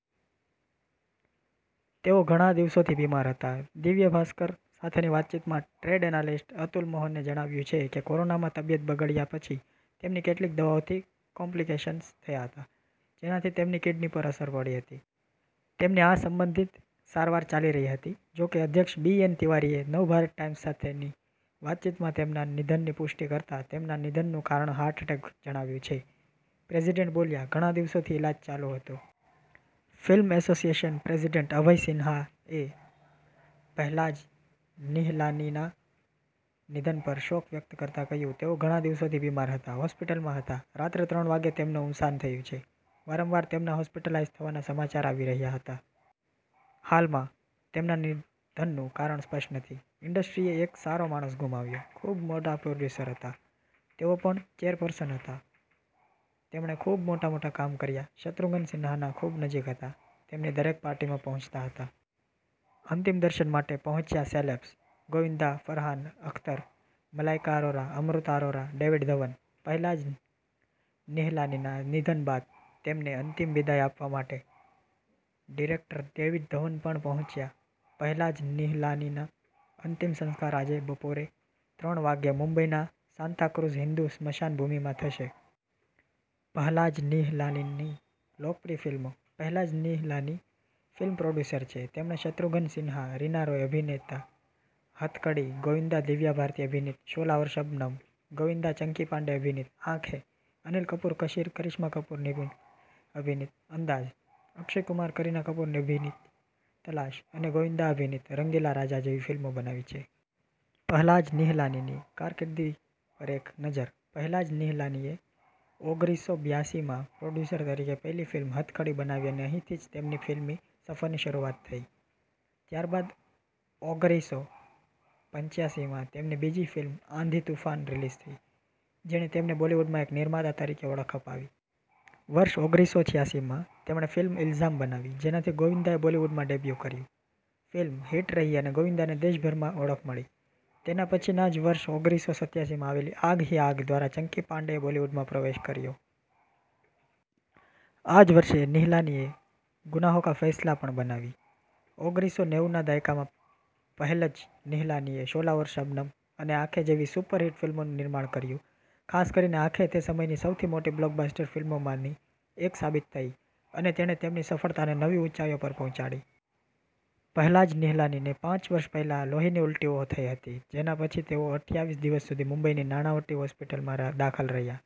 તેઓ ઘણા દિવસોથી બીમાર હતા. દિવ્ય ભાસ્કર સાથેની વાતચીતમાં ટ્રેડ એનાલિસ્ટ અતુલ મોહને જણાવ્યું છે કે, "કોરોનામાં તબિયત બગડ્યા પછી તેમને કેટલીક દવાઓથી કોમ્પ્લિકેશન્સ થયા હતા, જેનાથી તેમની કિડની પર અસર પડી હતી. તેમની આ સંબંધિત સારવાર ચાલી રહી હતી." જોકે, અધ્યક્ષ બી. એન. તિવારીએ નવભારત ટાઈમ્સ સાથેની વાતચીતમાં તેમના નિધનની પુષ્ટિ કરતા તેમના નિધનનું કારણ હાર્ટ એટેક જણાવ્યું છે. પ્રેસિડેન્ટ બોલ્યા, "ઘણા દિવસોથી ઇલાજ ચાલુ હતો." ફિલ્મ એસોસિએશન પ્રેસિડેન્ટ અભય સિંહાએ પહલાજ નિહલાનીના નિધન પર શોક વ્યક્ત કરતા કહ્યું, "તેઓ ઘણા દિવસોથી બીમાર હતા, હોસ્પિટલમાં હતા. રાત્રે ત્રણ વાગ્યે તેમનું અવસાન થયું છે. વારંવાર તેમના હોસ્પિટલાઇઝ થવાના સમાચાર આવી રહ્યા હતા. હાલમાં તેમના નિધનનું કારણ સ્પષ્ટ નથી." ઇન્ડસ્ટ્રીએ એક સારો માણસ ગુમાવ્યો. ખૂબ મોટા પ્રોડ્યુસર હતા. તેઓ પણ ચેરપર્સન હતા. તેમણે ખૂબ મોટા-મોટા કામ કર્યા. શત્રુઘ્ન સિંહાના ખૂબ નજીક હતા, તેમની દરેક પાર્ટીમાં પહોંચતા હતા. અંતિમ દર્શન માટે પહોંચ્યાં સેલેબ્સ:- ગોવિંદા, ફરહાન, અખ્તર, મલાઈકા અરોરા, અમૃતા અરોરા, ડેવિડ ધવન. પહલાજ નિહલાનીના નિધન બાદ તેમને અંતિમ વિદાય આપવા માટે ડિરેક્ટર ડેવિડ ધવન પણ પહોંચ્યા. પહલાજ નિહલાનીના અંતિમ સંસ્કાર આજે બપોરે ત્રણ વાગ્યે મુંબઈના સાન્તાક્રુઝ હિંદુ સ્મશાનભૂમિમાં થશે. પહલાજ નિહલાનીની લોકપ્રિય ફિલ્મો:- પહલાજ નિહલાની ફિલ્મ પ્રોડ્યુસર છે. તેમણે શત્રુઘ્ન સિંહા-રીના રોય અભિનીત 'હથકડી', ગોવિંદા-દિવ્યા ભારતી અભિનીત 'શોલા ઔર શબનમ', ગોવિંદા-ચંકી પાંડે અભિનીત 'આંખેં', અનિલ કપૂર-કરિશ્મા કપૂર અભિનીત 'અંદાઝ', અક્ષય કુમાર-કરીના કપૂર અભિનીત 'તલાશ', અને ગોવિંદા અભિનીત 'રંગીલા રાજા' જેવી ફિલ્મો બનાવી છે. પહલાજ નિહલાનીની કારકિર્દી પર એક નજર:- પહલાજ નિહલાનીએ ઓગરીસો બિયાસી માં પ્રોડ્યુસર તરીકે પહેલી ફિલ્મ 'હથકડી' બનાવી અને અહીંથી જ તેમની ફિલ્મી સફરની શરૂઆત થઈ. ત્યારબાદ ઓગરીસો પંચ્યાસીમાં તેમની બીજી ફિલ્મ 'આંધી-તૂફાન' રિલીઝ થઈ, જેણે તેમને બોલિવૂડમાં એક નિર્માતા તરીકે ઓળખ અપાવી. વર્ષ ઓગરીસો છીયાસી માં તેમણે ફિલ્મ 'ઇલ્ઝામ' બનાવી, જેનાથી ગોવિંદાએ બોલિવૂડમાં ડેબ્યૂ કર્યું. ફિલ્મ હિટ રહી અને ગોવિંદાને દેશભરમાં ઓળખ મળી. તેના પછીના જ વર્ષ ઓગરીસો સત્યાસીમાં આવેલી 'આગ હી આગ' દ્વારા ચંકી પાંડેએ બોલિવૂડમાં પ્રવેશ કર્યો. આ જ વર્ષે નિહલાનીએ 'ગુનાહો કા ફૈસલા' પણ બનાવી. ઓગરીસો નેવું ના દાયકામાં પહેલજ નિહલાનીએ 'શોલા ઔર શબનમ' અને 'આંખે' જેવી સુપરહિટ ફિલ્મોનું નિર્માણ કર્યું. ખાસ કરીને 'આંખે' તે સમયની સૌથી મોટી બ્લોકબસ્ટર ફિલ્મોમાંની એક સાબિત થઈ અને તેણે તેમની સફળતાને નવી ઊંચાઈઓ પર પહોંચાડી. પહલાજ નિહલાનીને પાંચ વર્ષ પહેલા લોહીની ઊલટીઓ થઈ હતી, જેના પછી તેઓ અઠયાવીસ દિવસ સુધી મુંબઈની નાણાવટી હોસ્પિટલમાં દાખલ રહ્યા.